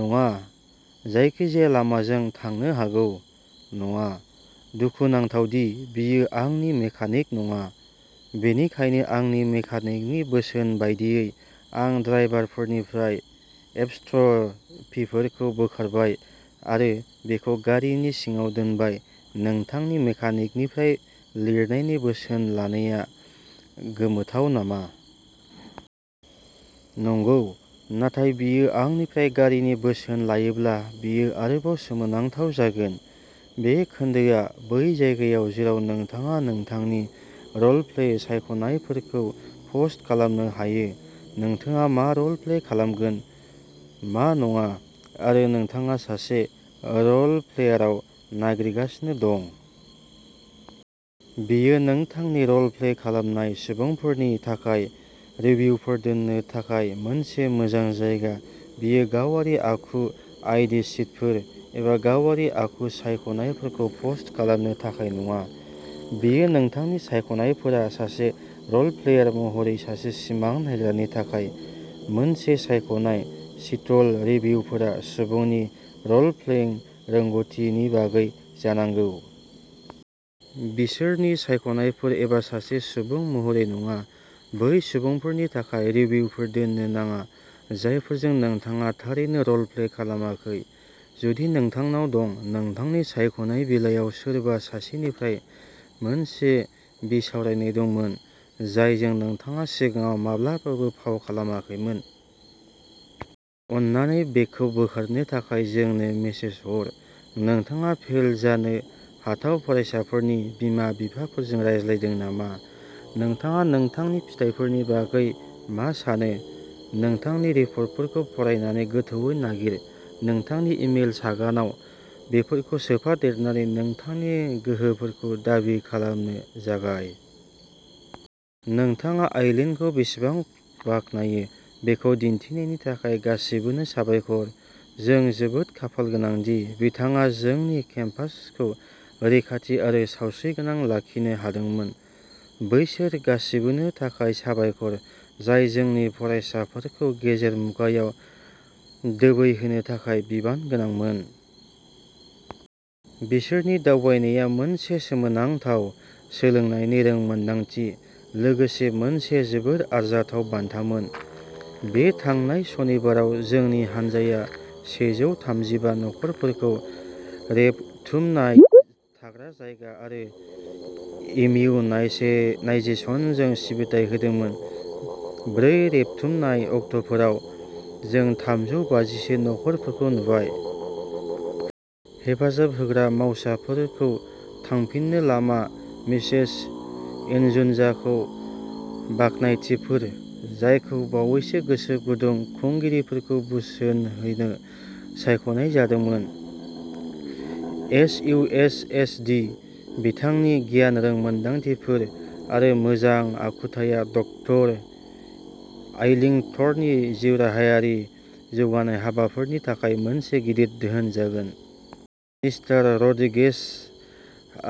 नङा। जायखिजाया लामाजों थांनो हागौ। नङा। दुखु नांथाव दि बियो आंनि मेकानिक नङा। बेनिखायनो आंनि मेकानिकनि बोसोन बायदियै आं ड्राइभारफोरनिफ्राय एपस्ट्र'फिफोरखौ बोखारबाय आरो बेखौ गारिनि सिङाव दोनबाय। नोंथांनि मेकानिकनिफ्राय लिरनायनि बोसोन लानाया गोमोथाव नामा? नंगौ। नाथाय बियो आंनिफ्राय गारिनि बोसोन लायोब्ला बेयो आरोबाव सोमोनांथाव जागोन!। बे खोन्दोआ बै जायगायाव जेराव नोंथाङा नोंथांनि रलप्लेइं सायख'नायफोरखौ पस्ट खालामनो हायो। नोंथाङा मा रलप्ले खालामगोन? मा नङा। आरो नोंथाङा सासे रलप्लेयाराव नागिरगासिनो दं। बेयो नोंथांनि रलप्लेइं खालामनाय सुबुंफोरनि थाखाय रिभ्युफोर दोननो थाखाय मोनसे मोजां जायगा। बेयो गावारि आखु आइ. डि. शीटफोर एबा गावारि आखु सायख'नायफोरखौ पस्ट खालामनो थाखाय नङा। बेयो नोंथांनि सायख'नायफोरा सासे रलप्लेयार महरै सासे सिमां नायग्रानि थाखाय मोनसे सायख'नाय शीटल' रिभ्युफोरा सुबुंनि रलप्लेइं रोंग'थिनि बागै जानांगौ। बिसोरनि सायख'नायफोर एबा सासे सुबुं महरै नङा। बै सुबुंफोरनि थाखाय रिभ्युफोर दोननो नाङा जायफोरजों नोंथाङा थारैनो रलप्ले खालामाखै। जुदि नोंथांनाव दं। नोंथांनि सायख'नाय बिलाइयाव सोरबा सासेनिफ्राय मोनसे बिसावरायनाय दंमोन जायजों नोंथाङा सिगाङाव माब्लाबाबो फाव खालामाखै। अननानै बेखौ बोखारनो थाखाय जोंनो मेसेज हर। नोंथाङा फेल जानो हाथाव फरायसाफोरनि बिमा-बिफाफोरजों रायज्लायदों नामा? नोंथाङा नोंथांनि फिथायफोरनि बागै मा सानो? नोंथांनि रिपर्टफोरखौ फरायनानै गोथौवै नागिर। नोंथांनि इमेल सागानआव बेफोरखौ सोफादेरनानै नोंथांनि गोहोफोरखौ दाबि खालामनो जागाय। नोंथाङा आइलीनखौ बेसेबां बाखनायो बेखौ दिन्थिनायनि थाखाय गासिबोनो साबायखर। जों जोबोद खाफालगोनां दि बिथाङा जोंनि केम्पासखौ रैखाथि आरो सावस्रिगोनां लाखिनो हादोंमोन! बैसोर गासिबोनो थाखाय साबायखर जाय जोंनि फरायसाफोरखौ गेजेर मुगायाव दोबैहोनो थाखाय बिबानगोनांमोन। बिसोरनि दावबायनाया मोनसे सोमोनांथाव सोलोंनायनि रोंमोनदांथि लोगोसे मोनसे जोबोद आरजाथाव बान्थामोन। बे थांनाय सनिबाराव जोंनि हानजाया सेजौ थामजि बा नखरफोरखौ रेबथुमनाय आरो इमिउ नाय नायजेसनजों सिबिथाय होदोंमोन। ब्रै रेबथुमनाय अक्ट'फोराव जों थामजौ बाजि सो नखरफोरखौ नुबाय। हेफाजाब होग्रा मावसाफोरखौ थांफिननो लामा मिसेस इनजुनजाखौ बाखनायथिफोर। जायखौ बावैसो गोसो गुदुं खुंगिरिफोरखौ बोसोन होनो सायख'नाय जादोंमोन। S. U. H. S. D.. बिथांनि गियान रोंमोनदांथिफोर आरो मोजां आखुथाया डक्टर इलिंवर्थनि जिउराहायारि जौगानाय हाबाफारिफोरनि थाखाय मोनसे गिदिर धोन जागोन। मिस्टार रड्रिगेज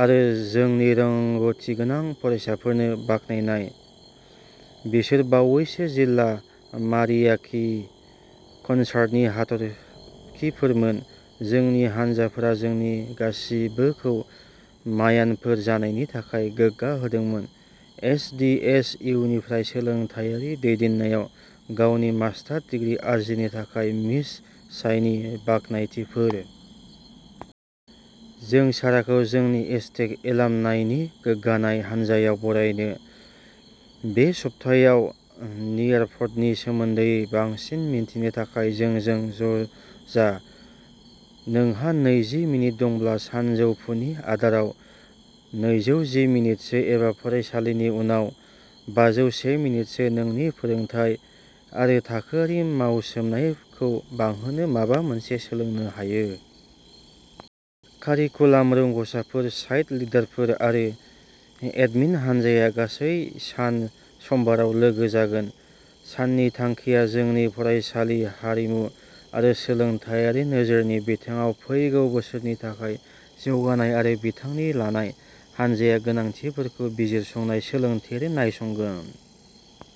आरो जोंनि रोंग'थिगोनां फरायसाफोरनो बाखनायनाय। बिसोर बावैसो जिल्ला मारियाकी कनसार्टनि हाथरखिफोरमोन। जोंनि हानजाफोरा जोंनि गासिबोखौ मायानफोर जानायनि थाखाय गोग्गा होदोंमोन। एस. डि. एस. इउ. निफ्राय सोलोंथायारि दैदेननायाव गावनि मास्टार डिग्री आरजिनो थाखाय मिस चाइनो बाखनायथिफोर। जों साराखौ जोंनि एजटेक एलामनाइनि गोग्गानाय हानजायाव बरायनो। बे सप्तायाव नियारप'डनि सोमोन्दै बांसिन मिथिनो थाखाय जोंजों ज'जा। नोंहा नैजि मिनिट दंब्ला सानजौफुनि आदाराव नैजौ जि मिनिटसो एबा फरायसालिनि उनाव बाजौ से मिनिटसो नोंनि फोरोंथाय आरो थाखोआरि मावसोमनायखौ बांहोनो माबा मोनसे सोलोंनो हायो। कारिकुलाम रोंग'साफोर साइट लिडारफोर आरो एडमिन हान्जाया गासै सान सोमबाराव लोगो जागोन। साननि थांखिया जोंनि फरायसालि हारिमु आरो सोलोंथायारि नोजोरनि बिथिङाव फैगौ बोसोरनि थाखाय जौगानाय आरो बिथांखि लानाय। हानजाया गोनांथिफोरनि बिजिरसंनाय सोलोंथायारि नायसंगोन।